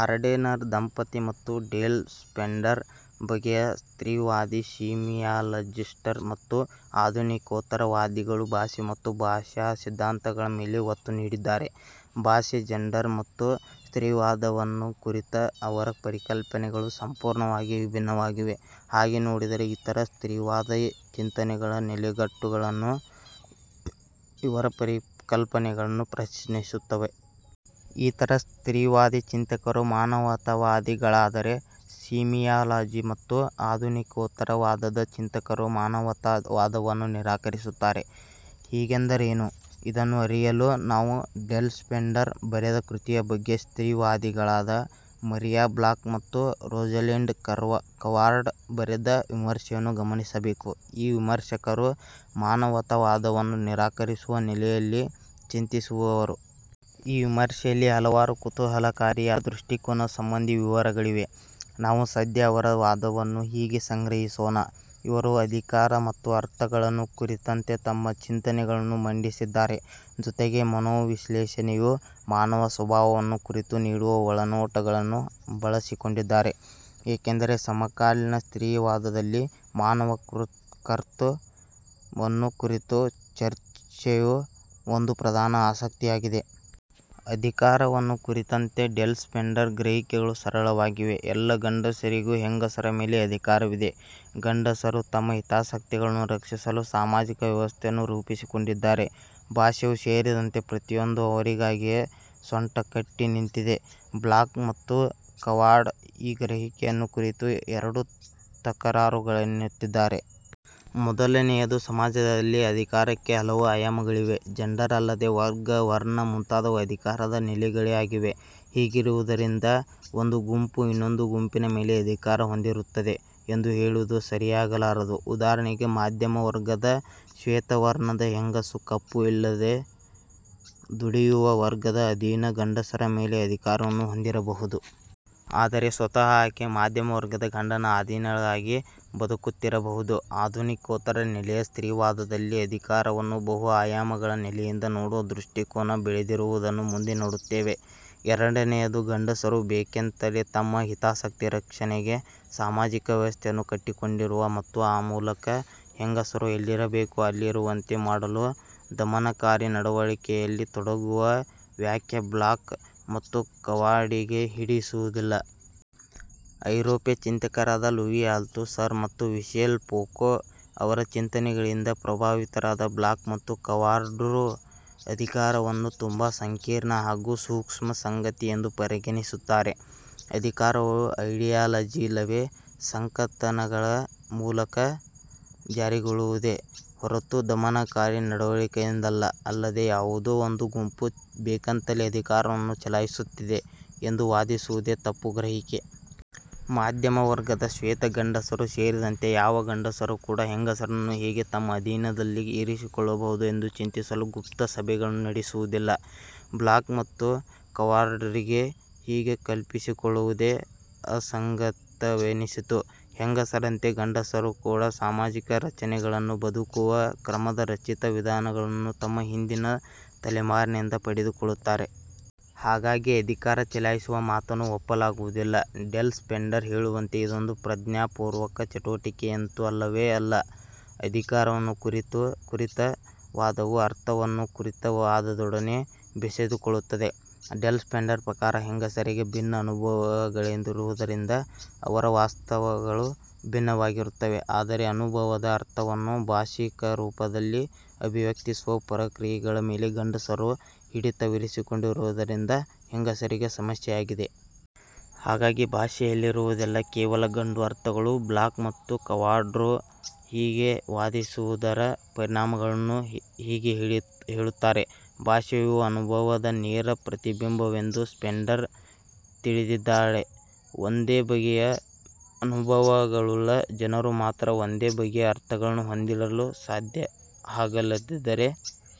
Ardener ದಂಪತಿ ಮತ್ತು Dale Splendor ಬಗೆಯ ಸ್ತ್ರೀವಾದಿ ಸೀಮಿಯಾಲಜಿಸ್ಟರು ಮತ್ತು ಆಧುನಿಕೋತ್ತರ ವಾದಿಗಳು ಭಾಷೆ ಮತ್ತು ಭಾಷಾಸಿದ್ಧಾಂತಗಳ ಮೇಲೆ ಒತ್ತು ನೀಡಿದ್ದಾರೆ. ಭಾಷೆ, ಜಂಡರ್ ಮತ್ತು ಸ್ತ್ರೀವಾದವನ್ನು ಕುರಿತ ಅವರ ಪರಿಕಲ್ಪನೆಗಳು ಸಂಪೂರ್ಣವಾಗಿ ವಿಭಿನ್ನವಾಗಿವೆ. ಹಾಗೆ ನೋಡಿದರೆ, ಇತರ ಸ್ತ್ರೀವಾದಿ ಚಿಂತನೆಗಳ ನೆಲೆಗಟ್ಟುಗಳನ್ನು ಇವರ ಪರಿಕಲ್ಪನೆಗಳು ಪ್ರಶ್ನಿಸುತ್ತವೆ. ಇತರ ಸ್ತ್ರೀವಾದಿ ಚಿಂತಕರು ''ಮಾನವತಾವಾದಿ''ಗಳಾದರೆ, ಸೀಮಿಯಾಲಜಿ ಮತ್ತು ಆಧುನಿಕೋತ್ತರ ವಾದದ ಚಿಂತಕರು ಮಾನವತಾ ವಾದವನ್ನು ನಿರಾಕರಿಸುತ್ತಾರೆ. ಹೀಗೆಂದರೇನು? ಇದನ್ನು ಅರಿಯಲು ನಾವು ಡೇಲ್ ಸ್ಪೆಂಡರ್ ಬರೆದ ಕೃತಿಯ ಬಗ್ಗೆ ಸ್ತ್ರೀ ವಾದಿಗಳಾದ ಮರಿಯಾ ಬ್ಲಾಕ್ ಮತ್ತು ರೋಜಲಿಂಡ್ ಕವಾರ್ಡ್ ಬರೆದ ವಿಮರ್ಶೆಯನ್ನು ಗಮನಿಸಬೇಕು. ಈ ವಿಮರ್ಶಕರು ಮಾನವತಾ ವಾದವನ್ನು ನಿರಾಕರಿಸುವ ನೆಲೆಯಲ್ಲಿ ಚಿಂತಿಸುವವರು. ಈ ವಿಮರ್ಶೆಯಲ್ಲಿ ಹಲವಾರು ಕುತೂಹಲಕಾರಿಯಾದ ದೃಷ್ಟಿಕೋನ ಸಂಬಂಧಿ ವಿವರಗಳಿವೆ. ನಾವು ಸದ್ಯ ಅವರ ವಾದವನ್ನು ಹೀಗೆ ಸಂಗ್ರಹಿಸೋಣ. ಇವರು ''ಅಧಿಕಾರ'' ಮತ್ತು ''ಅರ್ಥ''ಗಳನ್ನು ಕುರಿತಂತೆ ತಮ್ಮ ಚಿಂತನೆಗಳನ್ನು ಮಂಡಿಸಿದ್ದಾರೆ. ಜೊತೆಗೆ ಮನೋವಿಶ್ಲೇಷಣೆಯು ಮಾನವ ಸ್ವಭಾವವನ್ನು ಕುರಿತು ನೀಡುವ ಒಳನೋಟಗಳನ್ನು ಬಳಸಿಕೊಂಡಿದ್ದಾರೆ. ಏಕೆಂದರೆ, ಸಮಕಾಲೀನ ಸ್ತ್ರೀವಾದದಲ್ಲಿ ಮಾನವ ''ಕರ್ತೃ''ವನ್ನು ಕುರಿತ ಚರ್ಚೆಯು ಒಂದು ಪ್ರಧಾನ ಆಸಕ್ತಿಯಾಗಿದೆ. ಅಧಿಕಾರವನ್ನು ಕುರಿತಂತೆ ಡೇಲ್ ಸ್ಪೆಂಡರ್ ಗ್ರಹಿಕೆಗಳು ಸರಳವಾಗಿವೆ. ಎಲ್ಲ ಗಂಡಸರಿಗೂ ಹೆಂಗಸರ ಮೇಲೆ ಅಧಿಕಾರವಿದೆ. ಗಂಡಸರು ತಮ್ಮ ಹಿತಾಸಕ್ತಿಗಳನ್ನು ರಕ್ಷಿಸಲು ಸಾಮಾಜಿಕ ವ್ಯವಸ್ಥೆಯನ್ನು ರೂಪಿಸಿಕೊಂಡಿದ್ದಾರೆ. ಭಾಷೆಯೂ ಸೇರಿದಂತೆ ಪ್ರತಿಯೊಂದೂ ಅವರಿಗಾಗಿಯೇ ಸೊಂಟ ಕಟ್ಟಿ ನಿಂತಿದೆ. ಬ್ಲಾಕ್ ಮತ್ತು ಕವಾರ್ಡ್ ಈ ಗ್ರಹಿಕೆಯನ್ನು ಕುರಿತು ಎರಡು ತಕರಾರುಗಳನ್ನೆತ್ತಿದ್ದಾರೆ. ಮೊದಲನೆಯದು, ಸಮಾಜದಲ್ಲಿ ಅಧಿಕಾರಕ್ಕೆ ಹಲವು ಆಯಾಮಗಳಿವೆ. ಜಂಡರ್ ಅಲ್ಲದೆ ವರ್ಗ, ವರ್ಣ ಮುಂತಾದವೂ ಅಧಿಕಾರದ ನೆಲೆಗಳೇ ಆಗಿವೆ. ಹೀಗಿರುವುದರಿಂದ, ಒಂದು ಗುಂಪು ಇನ್ನೊಂದು ಗುಂಪಿನ ಮೇಲೆ ಅಧಿಕಾರ ಹೊಂದಿರುತ್ತದೆ. ಎಂದು ಹೇಳುವುದು ಸರಿಯಾಗಲಾರದು. ಉದಾಹರಣೆಗೆ, ಮಧ್ಯಮ ವರ್ಗದ ಶ್ವೇತವರ್ಣದ ಹೆಂಗಸು ಕಪ್ಪು ಇಲ್ಲವೇ ದುಡಿಯುವ ವರ್ಗದ ಅಧೀನ ಗಂಡಸರ ಮೇಲೆ ಅಧಿಕಾರವನ್ನು ಹೊಂದಿರಬಹುದು. ಆದರೆ ಸ್ವತಃ ಆಕೆ ಮಧ್ಯಮ ವರ್ಗದ ಗಂಡನ ಅಧೀನಳಾಗಿ ಬದುಕುತ್ತಿರಬಹುದು. ಆಧುನಿಕೋತ್ತರ ನೆಲೆಯ ಸ್ತ್ರೀವಾದದಲ್ಲಿ ಅಧಿಕಾರವನ್ನು ಬಹು ಆಯಾಮಗಳ ನೆಲೆಯಿಂದ ನೋಡುವ ದೃಷ್ಟಿಕೋನ ಬೆಳೆದಿರುವುದನ್ನು ಮುಂದೆ ನೋಡುತ್ತೇವೆ. ಎರಡನೆಯದು, ಗಂಡಸರು ಬೇಕೆಂತಲೇ ತಮ್ಮ ಹಿತಾಸಕ್ತಿ ರಕ್ಷಣೆಗೆ ಸಾಮಾಜಿಕ ವ್ಯವಸ್ಥೆಯನ್ನು ಕಟ್ಟಿಕೊಂಡಿರುವ ಮತ್ತು ಆ ಮೂಲಕ ಹೆಂಗಸರು ಎಲ್ಲಿರಬೇಕೋ ಅಲ್ಲಿರುವಂತೆ ಮಾಡಲು ದಮನಕಾರಿ ನಡವಳಿಕೆಯಲ್ಲಿ ತೊಡಗುವ ವ್ಯಾಖ್ಯೆ ಬ್ಲಾಕ್ ಮತ್ತು ಕವಾರ್ಡ್ರಿಗೆ ಹಿಡಿಸುವುದಿಲ್ಲ. ಐರೋಪ್ಯ ಚಿಂತಕರಾದ ಲೂಯಿ ಆಲ್ತುಸರ್ ಮತ್ತು ಮಿಶೆಲ್ ಪೂಕೋ ಅವರ ಚಿಂತನೆಗಳಿಂದ ಪ್ರಭಾವಿತರಾಗಿ ಬ್ಲಾಕ್ ಮತ್ತು ಕವಾರ್ಡ್ರು ಅಧಿಕಾರವನ್ನು ತುಂಬಾ ಸಂಕೀರ್ಣ ಹಾಗೂ ಸೂಕ್ಷ್ಮ ಸಂಗತಿ ಎಂದು ಪರಿಗಣಿಸುತ್ತಾರೆ. ಅಧಿಕಾರವು ಐಡಿಯಾಲಜಿ ಇಲ್ಲವೇ ಸಂಕಥನಗಳ ಮೂಲಕ ಜಾರಿಗೊಳ್ಳುವುದೇ ಹೊರತು ದಮನಕಾರಿ ನಡವಳಿಕೆಯಿಂದಲ್ಲ. ಅಲ್ಲದೆ, ಯಾವುದೋ ಒಂದು ಗುಂಪು ಬೇಕೆಂತಲೇ ಅಧಿಕಾರವನ್ನು ಚಲಾಯಿಸುತ್ತಿದೆ ಎಂದು ವಾದಿಸುವುದೇ ತಪ್ಪು ಗ್ರಹಿಕೆ. ಮಧ್ಯಮ ವರ್ಗದ ಶ್ವೇತ ಗಂಡಸರೂ ಸೇರಿದಂತೆ, ಯಾವ ಗಂಡಸರೂ ಕೂಡಾ ಹೆಂಗಸರನ್ನು ಹೇಗೆ ತಮ್ಮ ಅಧೀನದಲ್ಲಿ ಇರಿಸಿಕೊಳ್ಳಬಹುದು ಎಂದು ಚಿಂತಿಸಲು ಗುಪ್ತ ಸಭೆಗಳನ್ನು ನಡೆಸುವುದಿಲ್ಲ. ಬ್ಲಾಕ್ ಮತ್ತು ಕವಾರ್ಡ್ರಿಗೆ ಹೀಗೆ ಕಲ್ಪಿಸಿಕೊಳ್ಳುವುದೇ ಅಸಂಗತವೆನಿಸಿತು. ಹೆಂಗಸರಂತೆ ಗಂಡಸರೂ ಕೂಡಾ ಸಾಮಾಜಿಕ ರಚನೆಗಳನ್ನೂ, ಬದುಕುವ ಕ್ರಮದ ರಚಿತ ವಿಧಾನಗಳನ್ನೂ, ತಮ್ಮ ಹಿಂದಿನ ತಲೆಮಾರಿನಿಂದ ಪಡೆದುಕೊಳ್ಳುತ್ತಾರೆ. ಹಾಗಾಗಿ, ಅಧಿಕಾರ ಚಲಾಯಿಸುವ ಮಾತನ್ನು ಒಪ್ಪಲಾಗುವುದಿಲ್ಲ. ಡೇಲ್ ಸ್ಪೆಂಡರ್ ಹೇಳುವಂತೆ ಇದೊಂದು ಪ್ರಜ್ಞಾಪೂರ್ವಕ ಚಟುವಟಿಕೆಯಂತೂ ಅಲ್ಲವೇ ಅಲ್ಲ. ಅಧಿಕಾರವನ್ನು ಕುರಿತ ವಾದವು ಅರ್ಥವನ್ನು ಕುರಿತ ವಾದದೊಡನೆ ಬೆಸೆದುಕೊಳ್ಳುತ್ತದೆ. ಡೇಲ್ ಸ್ಪೆಂಡರ್ ಪ್ರಕಾರ ಹೆಂಗಸರಿಗೆ ಭಿನ್ನ ಅನುಭವಗಳಿರುವುದರಿಂದ ಅವರ ವಾಸ್ತವಗಳೂ ಭಿನ್ನವಾಗಿರುತ್ತವೆ. ಆದರೆ, ಅನುಭವದ ಅರ್ಥವನ್ನು ಭಾಷಿಕರೂಪದಲ್ಲಿ ಅಭಿವ್ಯಕ್ತಿಸುವ ಪ್ರಕ್ರಿಯೆಗಳ ಮೇಲೆ ಗಂಡಸರು ಹಿಡಿತವಿರಿಸಿಕೊಂಡಿರುವುದು ಹೆಂಗಸರಿಗೆ ಸಮಸ್ಯೆಯಾಗಿದೆ. ಹಾಗಾಗಿ, ಭಾಷೆಯಲ್ಲಿ ರುವುದೆಲ್ಲಾ ಕೇವಲ ಗಂಡು ಅರ್ಥಗಳು. ಬ್ಲಾಕ್ ಮತ್ತು ಕವಾರ್ಡ್ರು ಹೀಗೆ ವಾದಿಸುವುದರ ಪರಿಣಾಮಗಳನ್ನು ಹೀಗೆ ಹೇಳುತ್ತಾರೆ. ಭಾಷೆಯು ಅನುಭವದ ನೇರ ಪ್ರತಿಬಿಂಬವೆಂದು ಸ್ಪೆಂಡರ್ ತಿಳಿದಿದ್ದಾಳೆ. ಒಂದೇ ಬಗೆಯ ಅನುಭವಗಳುಳ್ಳ ಜನರು ಮಾತ್ರ ಒಂದೇ ಬಗೆಯ ಅರ್ಥಗಳನ್ನು ಹೊಂದಿರಲು ಸಾಧ್ಯ. ಹಾಗಿಲ್ಲದಿದ್ದರೆ,